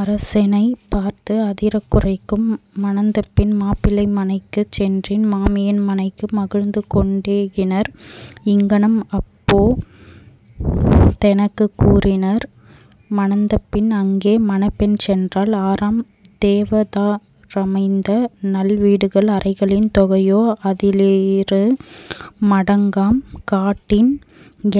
அரசெனைப் பார்த்து அதிரக் குரைக்கும். மணந்தபின் மாப்பிள்ளை மனைக்குச் சென்றேன் மாமியின் மனைக்கு மகிழ்ந்துகொண் டேகினர் இங்ஙனம் அப்போ தெனக்குக் கூறினர் மணந்தபின் அங்கே மணப்பெண் சென்றால் ஆறாம் தேவதா ரமைத்தநல் வீடுகள் அறைகளின் தொகையோ அதிலிரு மடங்காம் காட்டின்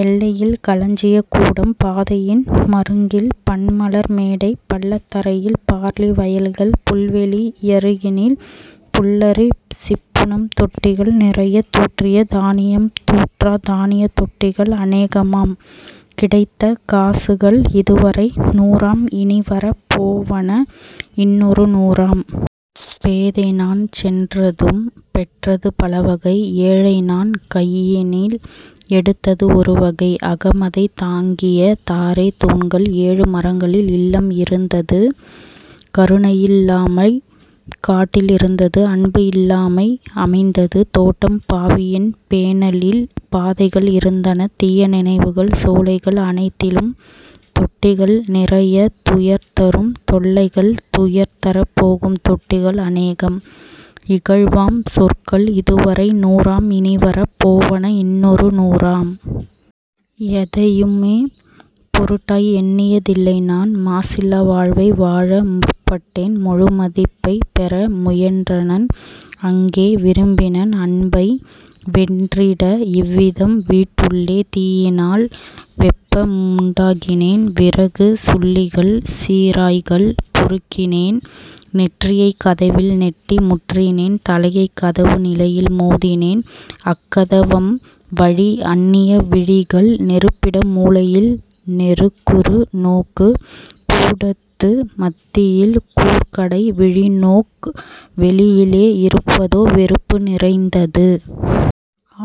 எல்லையில் களஞ்சியக் கூடம் பாதையின் மருங்கில் பன்மலர் மேடை பள்ளத் தரையில் பார்லி வயல்கள் புல்வெளி யருகினில் புல்லரி சிப்புனம் தொட்டிகள் நிறையத் தூற்றிய தானியம் தூற்றாத் தானியத் தொட்டிகள் அனேகமாம் கிடைத்த காசுகள் இதுவரை நூறாம் இனிவரப் போவன இன்னொரு நூறாம். பேதைநான் சென்றதும் பெற்றது பலவகை ஏழைநான் கையினில் எடுத்தது ஒருவகை. அகமதைத் தாங்கிய தாறே தூண்கள் ஏழு மரங்களில் இல்லம் இருந்தது கருணையில் லாமை காட்டில் இருந்தது அன்புஇல் லாமை அமைந்தது தோட்டம் பாவியென் பேணலில் பாதைகள் இருந்தன தீய நினைவுகள் சோலைகள் அனைத்திலும் தொட்டிகள் நிறையத் துயர்தரும் தொல்லைகள் துயர்தரப் போகும் தொட்டிகள் அனேகம் இகழ்வாம் சொற்கள் இதுவரை நூறாம் இனிவரப் போவன இன்னொரு நூறாம். எதையுமே பொருட்டாய் எண்ணிய தில்லைநான் மாசில்லா வாழ்வை வாழமுற் பட்டேன் முழுமதிப் பைப்பெற முயன்றனன் அங்கே விரும்பினேன் அன்பை வென்றிட இவ்விதம் வீட்டுள்ளே தீயினால் வெப்பமுண் டாக்கினேன் விறகுச் சுள்ளிகள் சிராய்கள் பொறுக்கினேன் நெற்றியைக் கதவில் நெட்டி முட்டினேன் தலையைக் கதவு நிலையில் மோதினேன். அக்கத வம்வழி அன்னிய விழிகள் நெருப்பிட மூலையில் நெருக்குறு நோக்கு கூடத்து மத்தியில் கூர்கடை விழிநோக் வெளியிலே இருப்பதோ வெறுப்பு நிறைந்தது.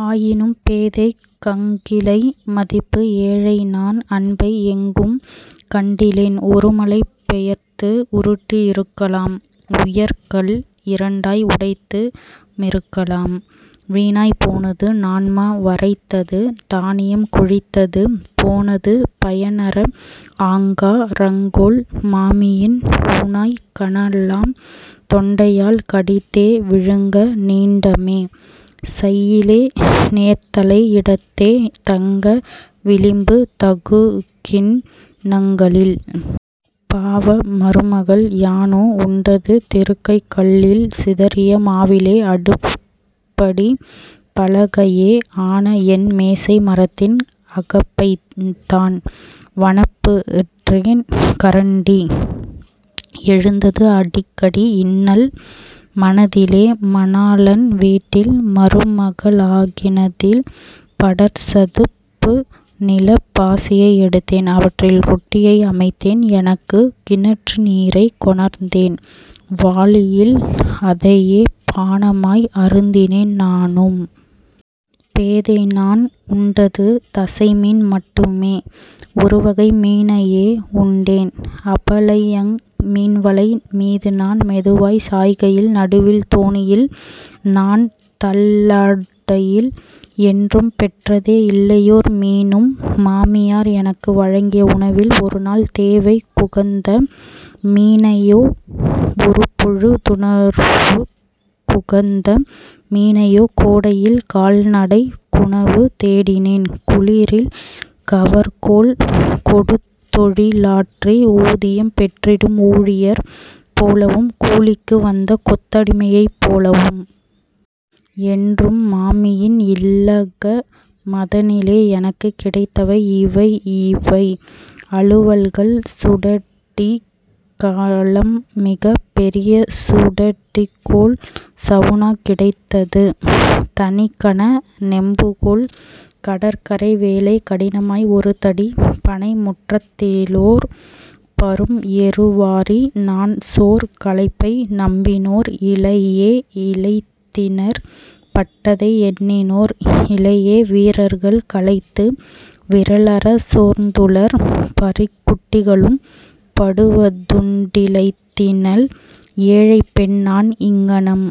ஆயினும் பேதைக் கங்கிலை மதிப்பு ஏழைநான் அன்பை எங்கும் கண்டிலேன் ஒருமலை பெயர்த்து உருட்டி யிருக்கலாம் உயர்கல் இரண்டாய் உடைத்து மிருக்கலாம். வீணாய் போனது நான்மா வரைத்தது தானியம் கொழித்தது போனது பயனற ஆங்கா ரங்கொள் மாமியின் ஊணாய் கனலாம் தொண்டையால் கடித்தே விழுங்க நீண்டமே சையிலே நேர்தலை யிடத்தே தங்க விளிம்புத் தகுகிண் ணங்களில். பாவ மருமகள் யானோ உண்டது திருகைக் கல்லில் சிதறிய மாவிலே அடுப்படிப் பலகையே ஆனஎன் மேசை மரத்தின் அகப்பைதான் வனப்புறென் கரண்டி. எழுந்தது அடிக்கடி இன்னல் மனதிலே மணாளன் வீட்டில் மருமக ளாக் கி னதில் படர்சதுப் புநிலப் பாசியை எடுத்தேன் அவற்றில் ரொட்டியை அமைத்தேன் எனக்கு கிணற்று நீரைக் கொணர்ந்தேன் வாளியில் அதையே பானமாய் அருந்தினேன் நானும். பேதைநான் உண்டது தசைமீன் மட்டுமே ஒருவகை மீனையே உண்டேன் அபலையங் மீன்வலை மீதுநான் மெதுவாய்ச் சாய்கையில் நடுவில் தோணியில் நான்தள் ளாடையில். என்றும் பெற்றதே இல்லையோர் மீனும் மாமியார் எனக்கு வழங்கிய உணவில் ஒருநாள் தேவைக் குகந்த மீனையோ ஒருபொழு துணவுக் குகந்த மீனினையோ. கோடையில் கால்நடைக் குணவு தேடினேன் குளிரில் கவர்க்கோல் கொடுதொழி லாற்றி ஊதியம் பெற்றிடும் ஊழியர் போலவும் கூலிக்கு வந்தகொத் தடிமையைப் போலவும். என்றும் மாமியின் இல்லக மதனிலே எனக்குக் கிடைத்தவை இவையிவை அலுவல்கள் சூடடிக் களம்மிகப் பெரியசூ டடிக்கோல் சவுனா கிடைத்தது தனிக்கன நெம்புகோல் கடற்கரை வேலைக் கடினமாய் ஒருதடி பண்ணைமுற் றத்திலோர் பரும்எரு வாரி நான்சோர் களைப்பை நம்பினோர் இலையே இளைத்தினற் பட்டதை எண்ணினோர் இலையே வீரர்கள் களைத்து விறலறச் சோர்ந்துளர் பரிக்குட் டிகளும் படுவதுண் டிளைத்தினல். ஏழைப்பெண்நான் இங்ஙனம்